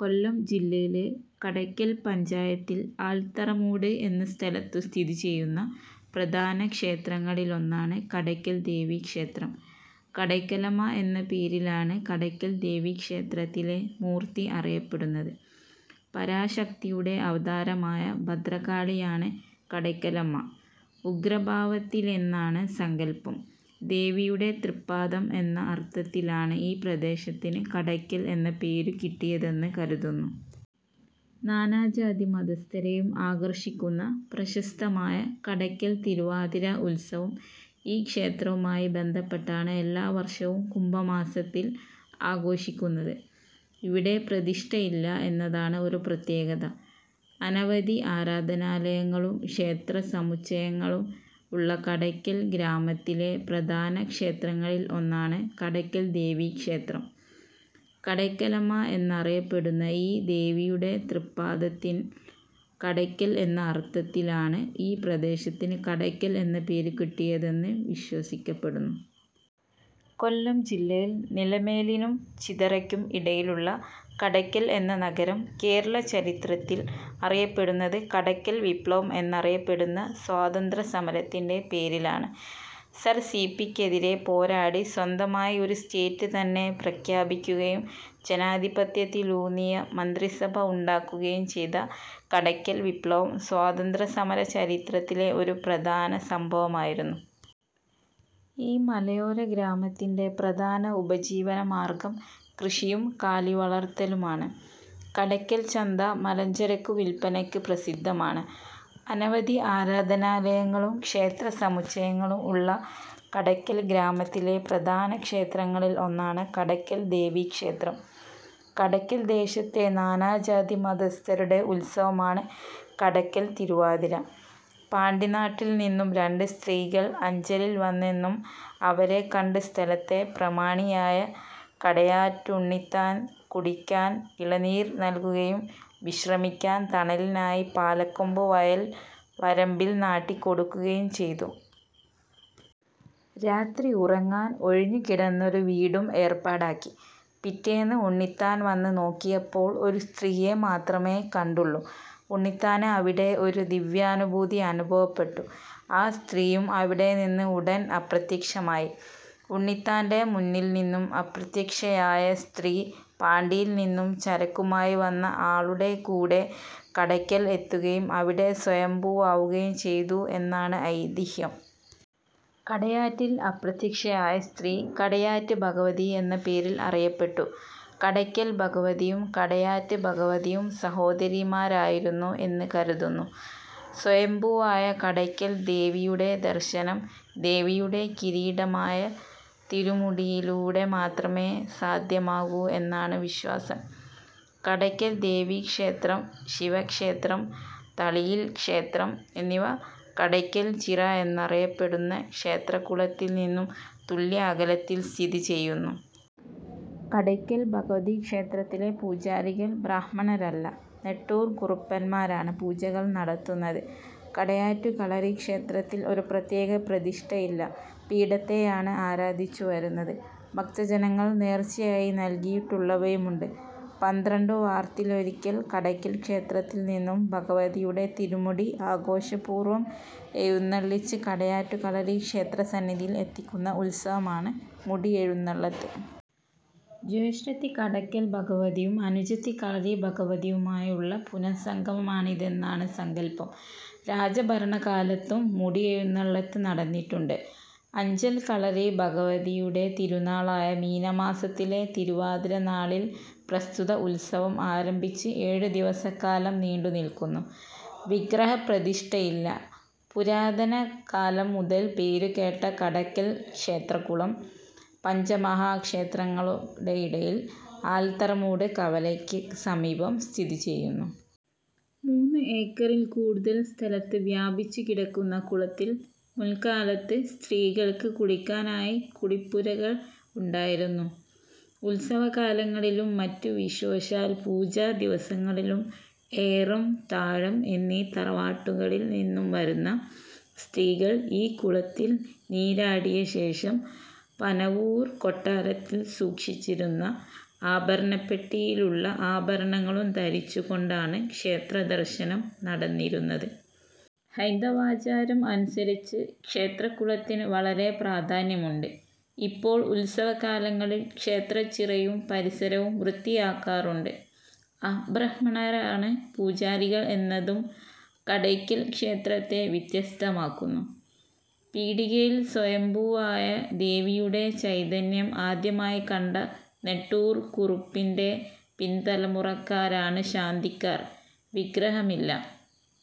കൊല്ലം ജില്ലയിലെ കടക്കൽ പഞ്ചായത്തിൽ ആൽത്തറമൂട് എന്ന സ്ഥലത്തു സ്ഥിതിചെയ്യുന്ന പ്രധാന ക്ഷേത്രങ്ങളിലൊന്നാണ് കടയ്ക്കൽ ദേവി ക്ഷേത്രം. കടയ്ക്കലമ്മ എന്നപേരിലാണ് കടയ്ക്കൽ ദേവിക്ഷേത്രത്തിലെ മൂർത്തി അറിയപ്പെടുന്നത്. " പരാശക്തിയുടെ " അവതാരമായ " ഭദ്രകാളിയാണ് " കടയ്ക്കലമ്മ. ഉഗ്രഭാവത്തിലെന്നാണ് സങ്കൽപ്പം. ദേവിയുടെ തൃപ്പാദം എന്ന അർത്ഥത്തിലാണ് ഈ പ്രദേശത്തിന് കടയ്ക്കൽ എന്ന പേരു കിട്ടിയതെന്ന് കരുതുന്നു. നാനാജാതി മതസ്ഥരെയും ആകർഷിക്കുന്ന പ്രശസ്തമായ കടയ്ക്കൽ തിരുവാതിര ഉത്സവം ഈ ക്ഷേത്രവുമായി ബന്ധപ്പെട്ടാണ് എല്ലാ വർഷവും കുംഭമാസത്തിൽ ആഘോഷിക്കുന്നത്. ഇവിടെ പ്രതിഷ്ഠയില്ല എന്നതാണ് ഒരു പ്രത്യേകത. അനവധി ആരാധനാലയങ്ങളും ക്ഷേത്ര സമുച്ചയങ്ങളും ഉള്ള കടയ്ക്കൽ ഗ്രാമത്തിലെ പ്രധാന ക്ഷേത്രങ്ങളിൽ ഒന്നാണ് കടയ്ക്കൽ ദേവി ക്ഷേത്രം. കടയ്ക്കലമ്മ എന്നറിയപ്പെടുന്ന ഈ ദേവിയുടെ തൃപ്പാദത്തിൻ കടയ്ക്കൽ എന്ന അർത്ഥത്തിലാണ് ഈ പ്രദേശത്തിന് കടയ്ക്കൽ എന്ന പേരു കിട്ടിയതെന്ന് വിശ്വസിക്കപ്പെടുന്നു. കൊല്ലം ജില്ലയിൽ നിലമേലിനും ചിതറയ്ക്കും ഇടയിലുള്ള കടയ്ക്കൽ എന്ന നഗരം കേരള ചരിത്രത്തിൽ അറിയപ്പെടുന്നത് കടയ്ക്കൽ വിപ്ലവം എന്നറിയപ്പെടുന്ന സ്വാതന്ത്ര്യസമരത്തിന്റെ പേരിലാണ്. Sir C. പി ക്കെതിരെ പോരാടി സ്വന്തമായി ഒരു സ്റ്റേറ്റ് തന്നെ പ്രഖ്യാപിക്കുകയും ജനാധിപത്യത്തിലൂന്നിയ മന്ത്രിസഭ ഉണ്ടാക്കുകയും ചെയ്ത കടയ്ക്കൽ വിപ്ലവം സ്വാതന്ത്ര്യ സമര ചരിത്രത്തിലെ ഒരു സുപ്രധാന സംഭവമായിരുന്നു. ഈ മലയോരഗ്രാമത്തിന്റെ പ്രധാന ഉപജീവന മാർഗ്ഗം കൃഷിയും കാലിവളർത്തലുമാണ്. കടയ്ക്കൽ ചന്ത മലഞ്ചരക്കു വിൽപ്പനയ്ക്ക് പ്രസിദ്ധമാണ്. അനവധി ആരാധനാലയങ്ങളും ക്ഷേത്ര സമുച്ചയങ്ങളും ഉള്ള കടയ്ക്കൽ ഗ്രാമത്തിലെ പ്രധാനക്ഷേത്രങ്ങളിൽ ഒന്നാണ് കടയ്ക്കൽ ദേവി ക്ഷേത്രം. കടയ്ക്കൽ ദേശത്തെ നാനാജാതി മതസ്ഥരുടെ ഉത്സവമാണ് കടയ്ക്കൽ തിരുവാതിര. പാണ്ടി നാട്ടിൽ നിന്നും രണ്ട് സ്ത്രീകൾ അഞ്ചലിൽ വന്നെന്നും അവരെ കണ്ട് സ്ഥലത്തെ പ്രമാണിയായ കടയാറ്റുണ്ണിത്താൻ കുടിയ്ക്കാൻ ഇളനീർ നൽകുകയും വിശ്രമിക്കാൻ തണലിനായി പാലകൊമ്പ് വയൽ വരമ്പിൽ നാട്ടി കൊടുക്കുകയും ചെയ്തു. രാത്രി ഉറങ്ങാൻ ഒഴിഞ്ഞ് കിടന്നൊരു വീടും ഏർപ്പാടാക്കി. പിറ്റേന്ന് ഉണ്ണിത്താൻ വന്ന് ന്നോക്കിയപ്പോൾ ഒരു സ്ത്രീയെ മാത്രമെ കണ്ടുള്ളൂ. ഉണ്ണിത്താന് അവിടെ ഒരു ദിവ്യാനുഭൂതി അനുഭവപ്പെട്ടു. ആ സ്ത്രീയും അവിടെ നിന്ന് ഉടൻ അപ്രത്യക്ഷമായി. ഉണ്ണിത്താന്റെ മൂന്നിൽ നിന്നും അപ്രത്യക്ഷയായ സ്ത്രീ പാണ്ടിയിൽ നിന്നും ചരക്കുമായി വന്ന ആളുടെ കൂടെ കടയ്ക്കൽ എത്തുകയും അവിടേ സ്വയംഭൂവാവുകയും ചെയ്തു എന്നാണ് ഐതിഹ്യം. കടയാറ്റിൽ അപ്രത്യക്ഷയായ സ്ത്രീ കടയാറ്റ് ഭഗവതി എന്ന പേരിൽ അറിയപ്പെട്ടു. കടയ്ക്കൽ ഭഗവതിയും കടയാറ്റ് ഭഗവതിയും സഹോദരീമാരായിരുന്നു എന്ന് കരുതുന്നു. സ്വയംഭൂവായ കടയ്ക്കൽ ദേവിയുടെ ദർശനം ദേവിയുടെ കിരീടമായ തിരുമുടിയിലൂടെ മാത്രമേ സാദ്ധ്യമാകൂ എന്നാണ് വിശ്വാസം. കടയ്ക്കൽ ദേവിക്ഷേത്രം, ശിവക്ഷേത്രം, തളിയിൽ ക്ഷേത്രം എന്നിവ കടയ്ക്കൽ ചിറ എന്നറിയപ്പെടുന്ന ക്ഷേത്രകുളത്തിൽ നിന്നും തുല്യ അകലത്തിൽ സ്ഥിതി ചെയ്യുന്നു. കടയ്ക്കൽ ഭഗവതി ക്ഷേത്തിലെ പൂജാരികൾ ബ്രാഹ്മണരല്ല. നെട്ടൂർ കുറുപ്പന്മാരാണ് പൂജകൾ നടത്തുന്നത്. കടയാറ്റു കളരീക്ഷേത്രത്തിൽ ഒരു പ്രത്യേക പ്രതിഷ്ഠയില്ല. പീഠത്തെയാണ് ആരാദിച്ചു വരുന്നത്. ഭക്തജനങ്ങൾ നേർച്ചയായി നൽകിയിട്ടുള്ളവയുമുണ്ട്. പന്ത്രണ്ടു വർത്തിലൊരിക്കൽ കടയ്ക്കൽ ക്ഷേത്രത്തിൽ നിന്നും ഭഗവതിയുടെ തിരുമുടി ആഘോഷപൂർവ്വം എഴുന്നള്ളിച്ച് കടയുറ്റു കളരി ക്ഷേത്രസന്നിധിയിൽ എത്തിക്കുന്ന ഉത്സവമാണ് ' മുടിയെഴുന്നള്ളത്ത് '. ജ്യേഷ്ഠത്തി കടയ്ക്കൽ ഭഗവതിയും അനുജത്തി കളരി ഭഗവതിയുമായുള്ള പുനഃസമാഗമമാണിതെന്നാണ് സങ്കല്പം. രാജഭരണകാലത്തും മുടിയെഴുന്നള്ളത്ത് നടന്നിട്ടുണ്ട്. അഞ്ചൽ കളരി ഭഗവതിയുടെ തിരുനാളായ മീനമാസത്തിലെ തിരുവാതിര നാളിൽ പ്രസ്തുത ഉത്സവം ആരംഭിച്ച് ഏഴുദിവസക്കാലം നീണ്ടുനില്ക്കുന്നു. വിഗ്രഹ പ്രതിഷ്ഠയില്ല. പുരാതന കാലം മുതൽ പേരുകേട്ട കടക്കൽ ക്ഷേത്രക്കുളം പഞ്ചമഹാക്ഷേത്രങ്ങളുടെയിടയിൽ ആൽത്തറമൂട് കവലയ്ക്ക് സമീപം സ്ഥിതിചെയ്യുന്നു. മൂന്ന് ഏക്കറിൽ കൂടുതൽ സ്ഥലത്ത് വ്യാപിച്ച് കിടക്കുന്ന കുളത്തിൽ മുൻകാലത്ത് സ്ത്രീകൾക്ക് കുളിക്കാനായി കുളിപുരകൾ ഉണ്ടായിരുന്നു. ഉത്സവകാലങ്ങളിലും, മറ്റ് വിശോഷാൽ പൂജാ ദിവസങ്ങളിലും ഏറം, താഴം എന്നീ തറവാട്ടുകളിൽ നിന്നുംവരുന്ന സിത്രീകൾ ഈ കുളത്തിൽ നീരാടിയ ശേഷം പനവൂർ കൊട്ടാരത്തിൽ സൂക്ഷിച്ചിരുന്ന ആഭരണപ്പെട്ടിയിലുള്ള ആഭരണങ്ങളും ധരിച്ചു കൊണ്ടാണ് ക്ഷേത്ര ദർശനം നടന്നിരുന്നത്. ഹൈന്ദവാചാരം അനുസരിച്ച് ക്ഷേത്രക്കുളത്തിന് വളരെ പ്രാധാന്യമുണ്ട്. ഇപ്പോൾ ഉത്സവകാലങ്ങളിൽ ക്ഷേത്രച്ചിറയും പരിസരവും വൃത്തിയാക്കാറുണ്ട്. അബ്രഹ്മണരാണ് പൂജാരികൾ എന്നതും കടയ്ക്കൽ ക്ഷേത്രത്തെ വ്യതസ്തമാക്കുന്നു. പീടികയിൽ സ്വയം ഭൂവായ ദേവിയുടെ ചൈതന്യം ആദ്യമായി കണ്ട നെട്ടൂർ കുറുപ്പിന്റെ പിൻതലമുറക്കാരാണ് ശാന്തിക്കാർ. വിഗ്രഹമില്ല.